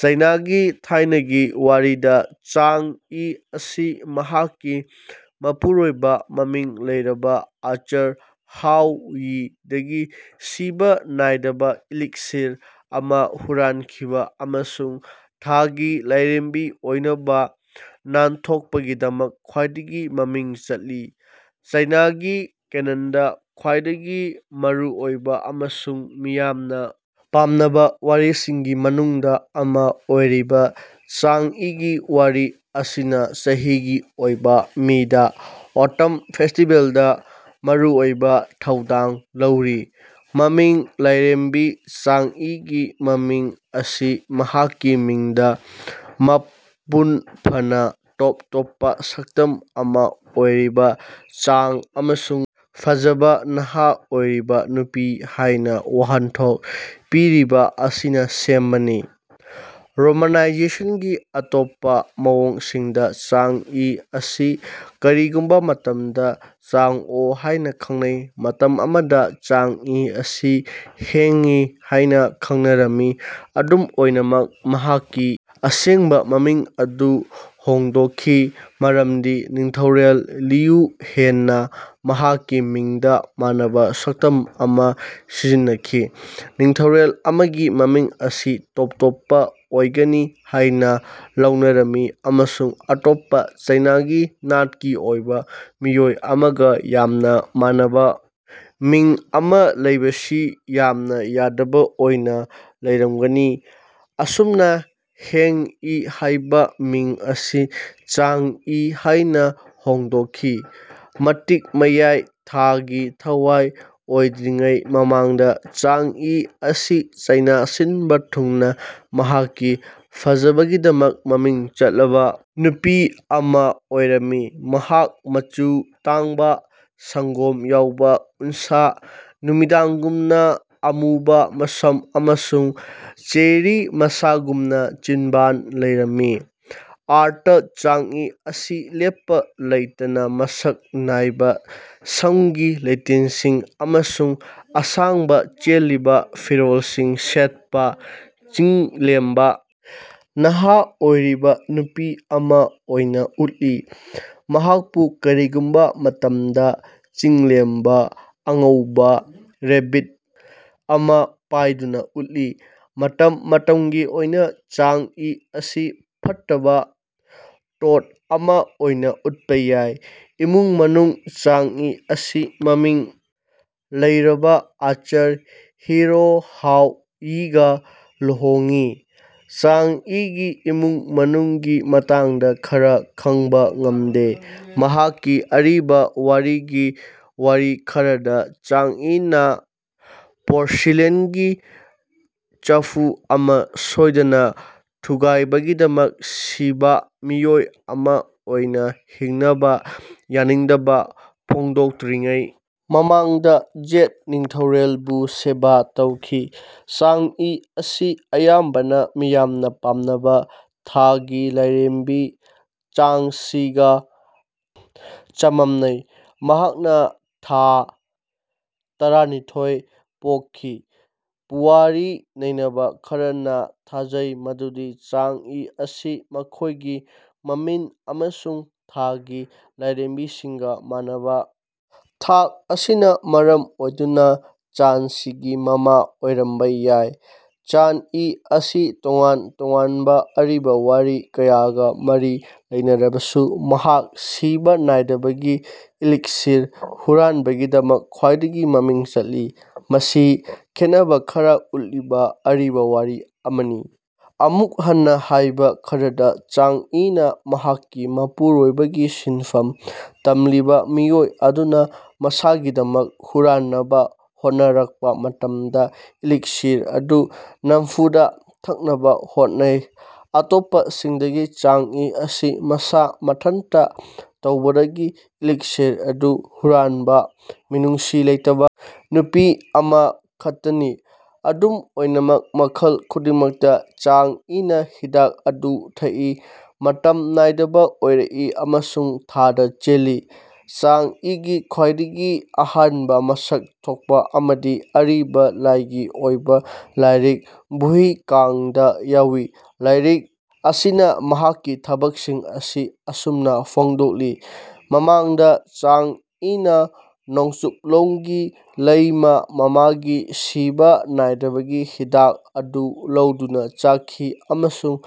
ꯆꯥꯏꯅꯥꯒꯤ ꯊꯥꯏꯅꯒꯤ ꯋꯥꯔꯤꯗ ꯆꯥꯡ ꯏ ꯑꯁꯤ ꯃꯍꯥꯛꯀꯤ ꯃꯄꯨꯔꯣꯏꯕ ꯃꯃꯤꯡ ꯂꯩꯔꯕ ꯑꯥꯔꯆꯔ ꯍꯥꯎ ꯌꯤ ꯗꯒꯤ ꯁꯤꯕ ꯅꯥꯏꯗꯕꯒꯤ ꯏꯂꯤꯛꯁꯤꯔ ꯑꯃ ꯍꯨꯔꯥꯟꯈꯤꯕ ꯑꯃꯁꯨꯡ ꯊꯥꯒꯤ ꯂꯥꯏꯔꯦꯝꯕꯤ ꯑꯣꯏꯅꯕ ꯅꯥꯟꯊꯣꯛꯄꯒꯤꯗꯃꯛ ꯈ꯭ꯋꯥꯏꯗꯒꯤ ꯃꯃꯤꯡ ꯆꯠꯂꯤ꯫ ꯆꯥꯏꯅꯥꯒꯤ ꯀꯦꯅꯟꯗ ꯈ꯭ꯋꯥꯏꯗꯒꯤ ꯃꯔꯨꯑꯣꯏꯕ ꯑꯃꯁꯨꯡ ꯃꯤꯌꯥꯝꯅ ꯄꯥꯝꯅꯕ ꯋꯥꯔꯤꯁꯤꯡꯒꯤ ꯃꯅꯨꯡꯗ ꯑꯃ ꯑꯣꯏꯔꯤꯕ ꯆꯥꯡ ꯏꯒꯤ ꯋꯥꯔꯤ ꯑꯁꯤꯅ ꯆꯍꯤꯒꯤ ꯑꯣꯏꯕ ꯃꯤꯗ ꯑꯣꯇꯝ ꯐꯦꯁꯇꯤꯕꯦꯜꯗ ꯃꯔꯨꯑꯣꯏꯕ ꯊꯧꯗꯥꯡ ꯂꯧꯔꯤ꯫ ꯃꯃꯤꯡ ꯂꯥꯏꯔꯦꯝꯕꯤ ꯆꯥꯡꯏꯒꯤ ꯃꯃꯤꯡ ꯑꯁꯤ ꯃꯍꯥꯛꯀꯤ ꯃꯤꯡꯗ ꯃꯄꯨꯡ ꯐꯥꯅ ꯇꯣꯞ ꯇꯣꯞꯄ ꯁꯛꯇꯝ ꯑꯃ ꯑꯣꯏꯔꯤꯕ ꯆꯥꯡ ꯑꯃꯁꯨꯡ ꯐꯖꯕ ꯅꯍꯥ ꯑꯣꯏꯔꯤꯕ ꯅꯨꯄꯤ ꯍꯥꯏꯅ ꯋꯥꯍꯟꯊꯣꯛ ꯄꯤꯔꯤꯕ ꯑꯁꯤꯅ ꯁꯦꯝꯕꯅꯤ꯫ ꯔꯣꯃꯥꯅꯥꯏꯖꯦꯁꯟꯒꯤ ꯑꯇꯣꯞꯄ ꯃꯑꯣꯡꯁꯤꯡꯗ ꯆꯥꯡ ꯏ ꯑꯁꯤ ꯀꯔꯤꯒꯨꯝꯕ ꯃꯇꯝꯗ ꯆꯥꯡ ꯑꯣ ꯍꯥꯏꯅ ꯈꯪꯅꯩ꯫ ꯃꯇꯝ ꯑꯃꯗ ꯆꯥꯡ ꯏ ꯑꯁꯤ ꯍꯦꯡ ꯏ ꯍꯥꯏꯅ ꯈꯪꯅꯔꯝꯃꯤ꯫ ꯑꯗꯨꯝ ꯑꯣꯏꯅꯃꯛ ꯃꯍꯥꯛꯀꯤ ꯑꯁꯦꯡꯕ ꯃꯃꯤꯡ ꯑꯗꯨ ꯍꯣꯡꯗꯣꯛꯈꯤ ꯃꯔꯝꯗꯤ ꯅꯤꯡꯊꯧꯔꯦꯜ ꯂꯤꯌꯨ ꯍꯦꯡ ꯅ ꯃꯍꯥꯛꯀꯤ ꯃꯤꯡꯗ ꯃꯥꯟꯅꯕ ꯁꯛꯇꯝ ꯑꯃꯥ ꯁꯤꯖꯤꯟꯅꯈꯤ꯫ ꯅꯤꯡꯊꯧꯔꯦꯜ ꯑꯃꯒꯤ ꯃꯃꯤꯡ ꯑꯁꯤ ꯇꯣꯞ ꯇꯣꯞꯄ ꯑꯣꯏꯒꯅꯤ ꯍꯥꯏꯅ ꯂꯧꯅꯔꯝꯃꯤ ꯑꯃꯁꯨꯡ ꯑꯇꯣꯞꯄ ꯆꯥꯏꯅꯥꯒꯤ ꯅꯥꯠꯀꯤ ꯑꯣꯏꯕ ꯃꯤꯑꯣꯏ ꯑꯃꯒ ꯌꯥꯝꯅ ꯃꯥꯟꯅꯕ ꯃꯤꯡ ꯑꯃ ꯂꯩꯕꯁꯤ ꯌꯥꯝꯅ ꯌꯥꯗꯕ ꯑꯣꯏꯅ ꯂꯧꯔꯝꯒꯅꯤ꯫ ꯑꯁꯨꯝꯅ ꯍꯦꯡ ꯏ ꯍꯥꯏꯕ ꯃꯤꯡ ꯑꯁꯤ ꯆꯥꯡ ꯏ ꯍꯥꯏꯅ ꯍꯣꯡꯗꯣꯛꯈꯤ꯫ ꯃꯇꯤꯛ ꯃꯌꯥꯏ ꯊꯥꯒꯤ ꯊꯋꯥꯏ ꯑꯣꯏꯗ꯭ꯔꯤꯉꯩ ꯃꯃꯥꯡꯗ ꯆꯥꯡ ꯏ ꯑꯁꯤ ꯆꯥꯏꯅꯥ ꯁꯤꯟꯕ ꯊꯨꯡꯅ ꯃꯍꯥꯛꯀꯤ ꯐꯖꯕꯒꯤꯗꯃꯛ ꯃꯃꯤꯡ ꯆꯠꯂꯕ ꯅꯨꯄꯤ ꯑꯃ ꯑꯣꯏꯔꯝꯃꯤ꯫ ꯃꯍꯥꯛ ꯃꯆꯨ ꯇꯥꯡꯕ ꯁꯪꯒꯣꯝ ꯌꯥꯎꯕ ꯎꯟꯁꯥ ꯅꯨꯃꯤꯗꯥꯡꯒꯨꯝꯅ ꯑꯃꯨꯕ ꯃꯁꯝ ꯑꯃꯁꯨꯡ ꯆꯦꯔꯤ ꯃꯁꯥꯒꯨꯝꯅ ꯆꯤꯟꯕꯥꯟ ꯂꯩꯔꯝꯃꯤ꯫ ꯑꯥꯔꯠꯇ ꯆꯥꯡ ꯏ ꯑꯁꯤ ꯂꯦꯞꯄ ꯂꯩꯇꯅ ꯃꯁꯛ ꯅꯥꯏꯕ ꯁꯝꯒꯤ ꯂꯩꯇꯦꯡꯁꯤꯡ ꯑꯃꯁꯨꯡ ꯑꯁꯥꯡꯕ ꯆꯦꯜꯂꯤꯕ ꯐꯤꯔꯣꯜꯁꯤꯡ ꯁꯦꯠꯄ ꯆꯤꯡꯂꯦꯝꯕ ꯅꯍꯥ ꯑꯣꯏꯔꯤꯕ ꯅꯨꯄꯤ ꯑꯃ ꯑꯣꯏꯅ ꯎꯠꯂꯤ꯫ ꯃꯍꯥꯛꯄꯨ ꯀꯔꯤꯒꯨꯝꯕ ꯃꯇꯝꯗ ꯆꯤꯡꯂꯦꯝꯕ ꯑꯉꯧꯕ ꯔꯦꯕꯤꯠ ꯑꯃ ꯄꯥꯏꯗꯨꯅ ꯎꯠꯂꯤ꯫ ꯃꯇꯝ ꯃꯇꯝꯒꯤ ꯑꯣꯏꯅ ꯆꯥꯡ ꯏ ꯑꯁꯤ ꯐꯠꯇꯕ ꯇꯣꯗ ꯑꯃ ꯑꯣꯏꯅ ꯎꯠꯄ ꯌꯥꯏ꯫ ꯏꯃꯨꯡ ꯃꯅꯨꯡ ꯆꯥꯡ ꯏ ꯑꯁꯤ ꯃꯃꯤꯡ ꯂꯩꯔꯕ ꯑꯥꯔꯆꯔ ꯍꯤꯔꯣ ꯍꯥꯎ ꯌꯤꯒ ꯂꯨꯍꯣꯡꯏ꯫ ꯆꯥꯡ ꯏꯒꯤ ꯏꯃꯨꯡ ꯃꯅꯨꯡꯒꯤ ꯃꯇꯥꯡꯗ ꯈꯔ ꯈꯪꯕ ꯉꯝꯗꯦ꯫ ꯃꯍꯥꯛꯀꯤ ꯑꯔꯤꯕ ꯋꯥꯔꯤꯒꯤ ꯋꯥꯔꯤ ꯈꯔꯗ ꯆꯥꯡ ꯏꯅ ꯄꯣꯔꯁꯤꯂꯦꯟꯒꯤ ꯆꯐꯨ ꯑꯃ ꯁꯣꯏꯗꯅ ꯊꯨꯒꯥꯏꯕꯒꯤꯗꯃꯛ ꯁꯤꯕ ꯃꯤꯑꯣꯏ ꯑꯃ ꯑꯣꯏꯅ ꯍꯤꯡꯅꯕ ꯌꯥꯅꯤꯡꯗꯕ ꯐꯣꯡꯗꯣꯛꯇ꯭ꯔꯤꯉꯩ ꯃꯃꯥꯡꯗ ꯖꯦꯗ ꯅꯤꯡꯊꯧꯔꯦꯜꯕꯨ ꯁꯦꯕꯥ ꯇꯧꯈꯤ꯫ ꯆꯥꯡ ꯏ ꯑꯁꯤ ꯑꯌꯥꯝꯕꯅ ꯃꯤꯌꯥꯝꯅ ꯄꯥꯝꯅꯕ ꯊꯥꯒꯤ ꯂꯥꯏꯔꯦꯝꯕꯤ ꯆꯥꯡꯁꯤꯒ ꯆꯃꯝꯅꯩ ꯃꯍꯥꯛꯅ ꯊꯥ ꯇꯔꯥꯅꯤꯊꯣꯏ ꯄꯣꯛꯈꯤ꯫ ꯄꯨꯋꯥꯔꯤ ꯅꯩꯅꯕ ꯈꯔꯅ ꯊꯥꯖꯩ ꯃꯗꯨꯗꯤ ꯆꯥꯡ ꯏ ꯑꯁꯤ ꯃꯈꯣꯏꯒꯤ ꯃꯃꯤꯡ ꯑꯃꯁꯨꯡ ꯊꯥꯒꯤ ꯂꯥꯏꯔꯦꯝꯕꯤꯁꯤꯡꯒ ꯃꯥꯟꯅꯕ ꯊꯥꯛ ꯑꯁꯤꯅ ꯃꯔꯝ ꯑꯣꯏꯗꯨꯅ ꯆꯥꯡꯁꯤꯒꯤ ꯃꯃꯥ ꯑꯣꯏꯔꯝꯕ ꯌꯥꯏ꯫ ꯆꯥꯡ ꯏ ꯑꯁꯤ ꯇꯣꯉꯥꯟ ꯇꯣꯉꯥꯟꯕ ꯑꯔꯤꯕ ꯋꯥꯔꯤ ꯀꯌꯥꯒ ꯃꯔꯤ ꯂꯩꯅꯔꯕꯁꯨ ꯃꯍꯥꯛ ꯁꯤꯕ ꯅꯥꯏꯗꯕꯒꯤ ꯏꯂꯤꯛꯁꯤꯔ ꯍꯨꯔꯥꯟꯕꯒꯤꯗꯃꯛ ꯈ꯭ꯋꯥꯏꯗꯒꯤ ꯃꯃꯤꯡ ꯆꯠꯂꯤ꯫ ꯃꯁꯤ ꯈꯦꯠꯅꯕ ꯈꯔ ꯎꯠꯂꯤꯕ ꯑꯔꯤꯕ ꯋꯥꯔꯤ ꯑꯃꯅꯤ꯫ ꯑꯃꯨꯛ ꯍꯟꯅ ꯍꯥꯏꯕ ꯈꯔꯗ ꯆꯥꯡ ꯏꯅ ꯃꯍꯥꯛꯀꯤ ꯃꯄꯨꯔꯣꯏꯕꯒꯤ ꯁꯤꯟꯐꯝ ꯇꯝꯂꯤꯕ ꯃꯤꯑꯣꯏ ꯑꯗꯨꯅ ꯃꯁꯥꯒꯤꯗꯃꯛ ꯍꯨꯔꯥꯟꯅꯕ ꯍꯣꯠꯅꯔꯛꯄ ꯃꯇꯝꯗ ꯏꯂꯤꯛꯁꯤꯔ ꯑꯗꯨ ꯅꯝꯐꯨꯗ ꯊꯛꯅꯕ ꯍꯣꯠꯅꯩ꯫ ꯑꯇꯣꯞꯄꯁꯤꯡꯗꯗꯤ ꯆꯥꯡ ꯏ ꯑꯁꯤ ꯃꯁꯥ ꯃꯊꯟꯇ ꯇꯧꯕꯗꯒꯤ ꯏꯂꯤꯛꯁꯤꯔ ꯑꯗꯨ ꯍꯨꯔꯥꯟꯕ ꯃꯤꯅꯨꯡꯁꯤ ꯂꯩꯇꯕ ꯅꯨꯄꯤ ꯑꯃꯈꯛꯇꯅꯤ꯫ ꯑꯗꯨꯝ ꯑꯣꯏꯅꯃꯛ ꯃꯈꯜ ꯈꯨꯗꯤꯡꯃꯛꯇ ꯆꯥꯡ ꯏꯅ ꯍꯤꯗꯥꯛ ꯑꯗꯨ ꯊꯛꯏ ꯃꯇꯝ ꯅꯥꯏꯗꯕ ꯑꯣꯏꯔꯛꯏ ꯑꯃꯁꯨꯡ ꯊꯥꯗ ꯆꯦꯜꯂꯤ꯫ ꯆꯥꯡ ꯏꯒꯤ ꯈ꯭ꯋꯥꯏꯗꯒꯤ ꯑꯍꯥꯟꯕ ꯃꯁꯛ ꯊꯣꯛꯄ ꯑꯃꯗꯤ ꯑꯔꯤꯕ ꯂꯥꯏꯒꯤ ꯑꯣꯏꯕ ꯂꯥꯏꯔꯤꯛ ꯒꯨꯏ ꯀꯥꯡ ꯗ ꯌꯥꯎꯏ꯫ ꯂꯥꯏꯔꯤꯛ ꯑꯁꯤꯅ ꯃꯍꯥꯛꯀꯤ ꯊꯕꯛꯁꯤꯡ ꯑꯁꯤ ꯑꯁꯨꯝꯅ ꯐꯣꯡꯗꯣꯛꯂꯤ ꯃꯃꯥꯡꯗ ꯆꯥꯡ ꯏꯅ ꯅꯣꯡꯆꯨꯞꯂꯣꯝꯒꯤ ꯂꯩꯃ ꯃꯃꯥꯒꯤ ꯁꯤꯕ ꯅꯥꯏꯗꯕꯒꯤ ꯍꯤꯗꯥꯛ ꯑꯗꯨ ꯂꯧꯗꯨꯅ ꯆꯥꯈꯤ ꯑꯃꯁꯨꯡ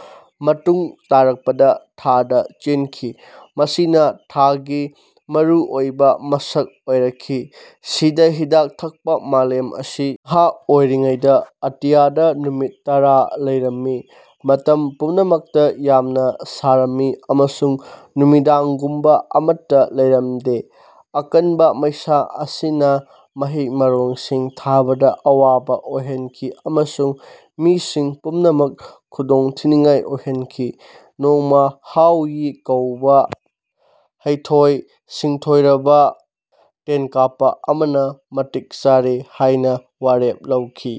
ꯃꯇꯨꯡ ꯇꯥꯔꯛꯄꯗ ꯊꯥꯗ ꯆꯦꯟꯈꯤ ꯃꯁꯤꯅ ꯊꯥꯒꯤ ꯃꯔꯨꯑꯣꯏꯕ ꯃꯁꯛ ꯑꯣꯏꯔꯛꯈꯤ꯫ ꯁꯤꯗ ꯍꯤꯗꯥꯛ ꯊꯛꯄ ꯃꯥꯂꯦꯝ ꯑꯁꯤ ꯅꯍꯥ ꯑꯣꯏꯔꯤꯉꯩꯗ ꯑꯇꯤꯌꯥꯗ ꯅꯨꯃꯤꯠ ꯇꯔꯥ ꯂꯩꯔꯝꯃꯤ꯫ ꯃꯇꯝ ꯄꯨꯝꯅꯃꯛꯇ ꯌꯥꯝꯅ ꯁꯥꯔꯝꯃꯤ ꯑꯃꯁꯨꯡ ꯅꯨꯃꯤꯗꯥꯡꯒꯨꯝꯕ ꯑꯃꯠꯇ ꯂꯩꯔꯝꯗꯦ꯫ ꯑꯀꯟꯕ ꯃꯩꯁꯥ ꯑꯁꯤꯅ ꯃꯍꯩ-ꯃꯔꯣꯡꯁꯤꯡ ꯊꯥꯕꯗ ꯑꯋꯥꯕ ꯑꯣꯏꯍꯟꯈꯤ ꯑꯃꯁꯨꯡ ꯃꯤꯁꯤꯡ ꯄꯨꯝꯅꯃꯛ ꯈꯨꯗꯣꯡꯊꯤꯅꯤꯡꯉꯥꯏ ꯑꯣꯏꯍꯟꯈꯤ꯫ ꯅꯣꯡꯃ ꯍꯥꯎ ꯌꯤ ꯀꯧꯕ ꯍꯩꯊꯣꯏ ꯁꯤꯡꯊꯣꯏꯔꯕ ꯇꯦꯟꯀꯥꯞꯄ ꯑꯃꯅ ꯃꯇꯤꯛ ꯆꯥꯔꯦ ꯍꯥꯏꯅ ꯋꯥꯔꯦꯞ ꯂꯧꯈꯤ꯫